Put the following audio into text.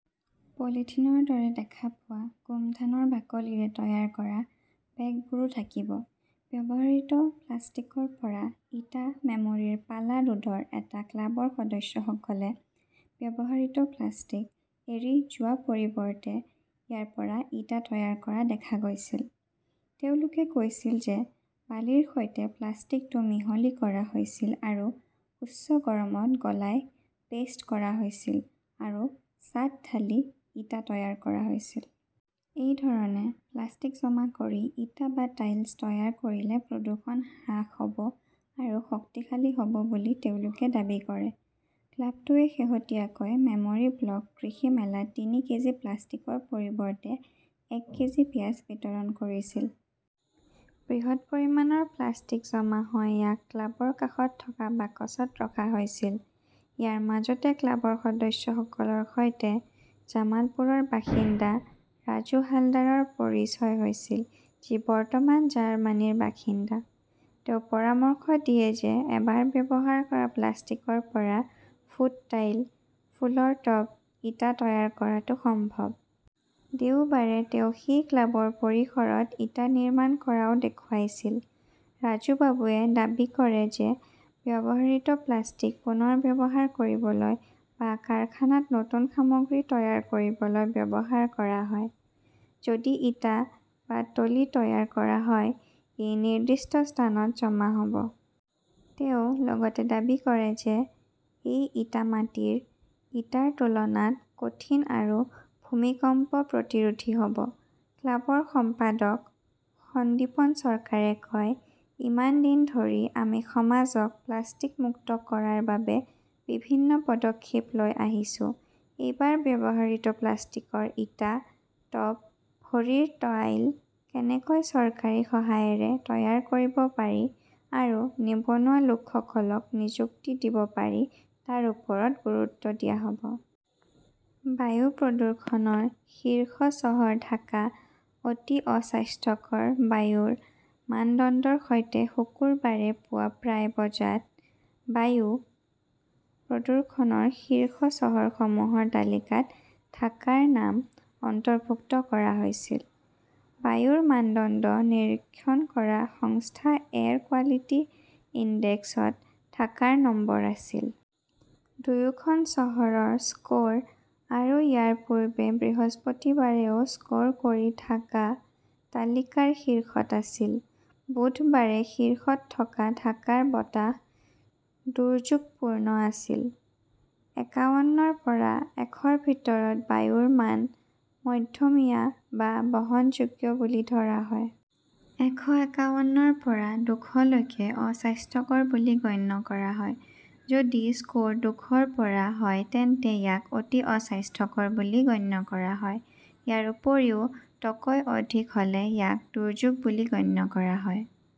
পলিথিনৰ দৰে দেখা পোৱা গোমধানৰ বাকলিৰে তৈয়াৰ কৰা বেগবোৰো থাকিব। ব্যৱহৃত প্লাষ্টিকৰ পৰা ইটা মেমৰীৰ পালা ৰোডৰ এটা ক্লাবৰ সদস্যসকলে ব্যৱহৃত প্লাষ্টিক এৰি যোৱাৰ পৰিৱৰ্তে ইয়াৰ পৰা ইটা তৈয়াৰ কৰা দেখা গৈছিল। তেওঁলোকে কৈছিল যে বালিৰ সৈতে প্লাষ্টিকটো মিহলি কৰা হৈছিল আৰু উচ্চ গৰমত গলাই পেষ্ট কৰা হৈছিল আৰু ছাঁত ঢালি ইটা তৈয়াৰ কৰা হৈছিল। এই ধৰণে প্লাষ্টিক জমা কৰি ইটা বা টাইলচ তৈয়াৰ কৰিলে প্ৰদূষণ হ্ৰাস হ'ব আৰু শক্তিশালী হ'ব বুলি তেওঁলোকে দাবী কৰে। ক্লাবটোৱে শেহতীয়াকৈ মেমৰী ব্লক কৃষি মেলাত তিনি কেজি প্লাষ্টিকৰ পৰিৱৰ্তে এক কেজি পিয়াজ বিতৰণ কৰিছিল। বৃহৎ পৰিমাণৰ প্লাষ্টিক জমা হয় ইয়াক ক্লাবৰ কাষত থকা বাকচত ৰখা হৈছিল। ইয়াৰ মাজতে ক্লাবৰ সদস্যসকলৰ সৈতে জামালপুৰৰ বাসিন্দা ৰাজু হালদাৰৰ পৰিচয় হৈছিল, যি বৰ্তমান জাৰ্মানীৰ বাসিন্দা। তেওঁ পৰামৰ্শ দিয়ে যে এবাৰ ব্যৱহাৰ কৰা প্লাষ্টিকৰ পৰা ফুট টাইল, ফুলৰ টব, ইটা তৈয়াৰ কৰাটো সম্ভৱ। দেওবাৰে তেওঁ সেই ক্লাবৰ পৰিসৰত ইটা নিৰ্মাণ কৰাও দেখুৱাইছিল। ৰাজুবাবুৱে দাবী কৰে যে ব্যৱহৃত প্লাষ্টিক পুনৰ ব্যৱহাৰ কৰিবলৈ বা কাৰখানাত নতুন সামগ্ৰী তৈয়াৰ কৰিবলৈ ব্যৱহাৰ কৰা হয়। যদি ইটা বা টলি তৈয়াৰ কৰা হয় ,ই নিৰ্দিষ্ট স্থানত জমা হ 'ব। তেওঁ লগতে দাবী কৰে যে এই ইটা মাটিৰ ইটাৰ তুলনাত কঠিন আৰু ভূমিকম্প প্ৰতিৰোধী হ'ব। ক্লাবৰ সম্পাদক সন্দীপন চৰকাৰে কয়, ইমান দিন ধৰি আমি সমাজক প্লাষ্টিক মুক্ত কৰাৰ বাবে বিভিন্ন পদক্ষেপ লৈ আহিছোঁ এইবাৰ ব্যৱহৃত প্লাষ্টিকৰ ইটা, টব, ভৰিৰ টাইল কেনেকৈ চৰকাৰী সহায়ৰে তৈয়াৰ কৰিব পাৰি আৰু নিবনুৱা লোকসকলক নিযুক্তি দিব পাৰি তাৰ ওপৰত গুৰুত্ব দিয়া হ'ব। বায়ু প্ৰদূষণৰ শীৰ্ষ চহৰ ঢাকা অতি অস্বাস্থ্যকৰ বায়ুৰ মানদণ্ডৰ সৈতে শুকুৰবাৰে পুৱা প্ৰায় বজাত বায়ু প্ৰদূষণৰ শীৰ্ষ চহৰসমূহৰ তালিকাত ঢাকাৰ নাম অন্তৰ্ভুক্ত কৰা হৈছিল। বায়ুৰ মানদণ্ড নিৰীক্ষণ কৰা সংস্থা এয়াৰ কোৱালিটি ইনডেক্স ত ঢাকাৰ নম্বৰ আছিল। দুয়োখন চহৰৰ স্কৰ আৰু ইয়াৰ পূৰ্বে বৃহস্পতিবাৰেও স্কৰ কৰি ঢাকা তালিকাৰ শীৰ্ষত আছিল। বুধবাৰে শীৰ্ষত থকা ঢাকাৰ বতাহ দুৰ্যোগপূৰ্ণ আছিল। একাৱন্নৰ পৰা এশ ৰ ভিতৰত বায়ুৰ মান মধ্যমীয়া বা বহনযোগ্য বুলি ধৰা হয়। এশ একাৱন্নৰ পৰা দুশ লৈকে অস্বাস্থ্যকৰ বুলি গণ্য কৰা হয়। যদি স্কৰ দুশ ৰ পৰা হয় তেন্তে ইয়াক অতি অস্বাস্থ্যকৰ বুলি গণ্য কৰা হয়। ইয়াৰ উপৰিও তকৈ অধিক হ'লে ইয়াক দুৰ্যোগ বুলি গণ্য কৰা হয়।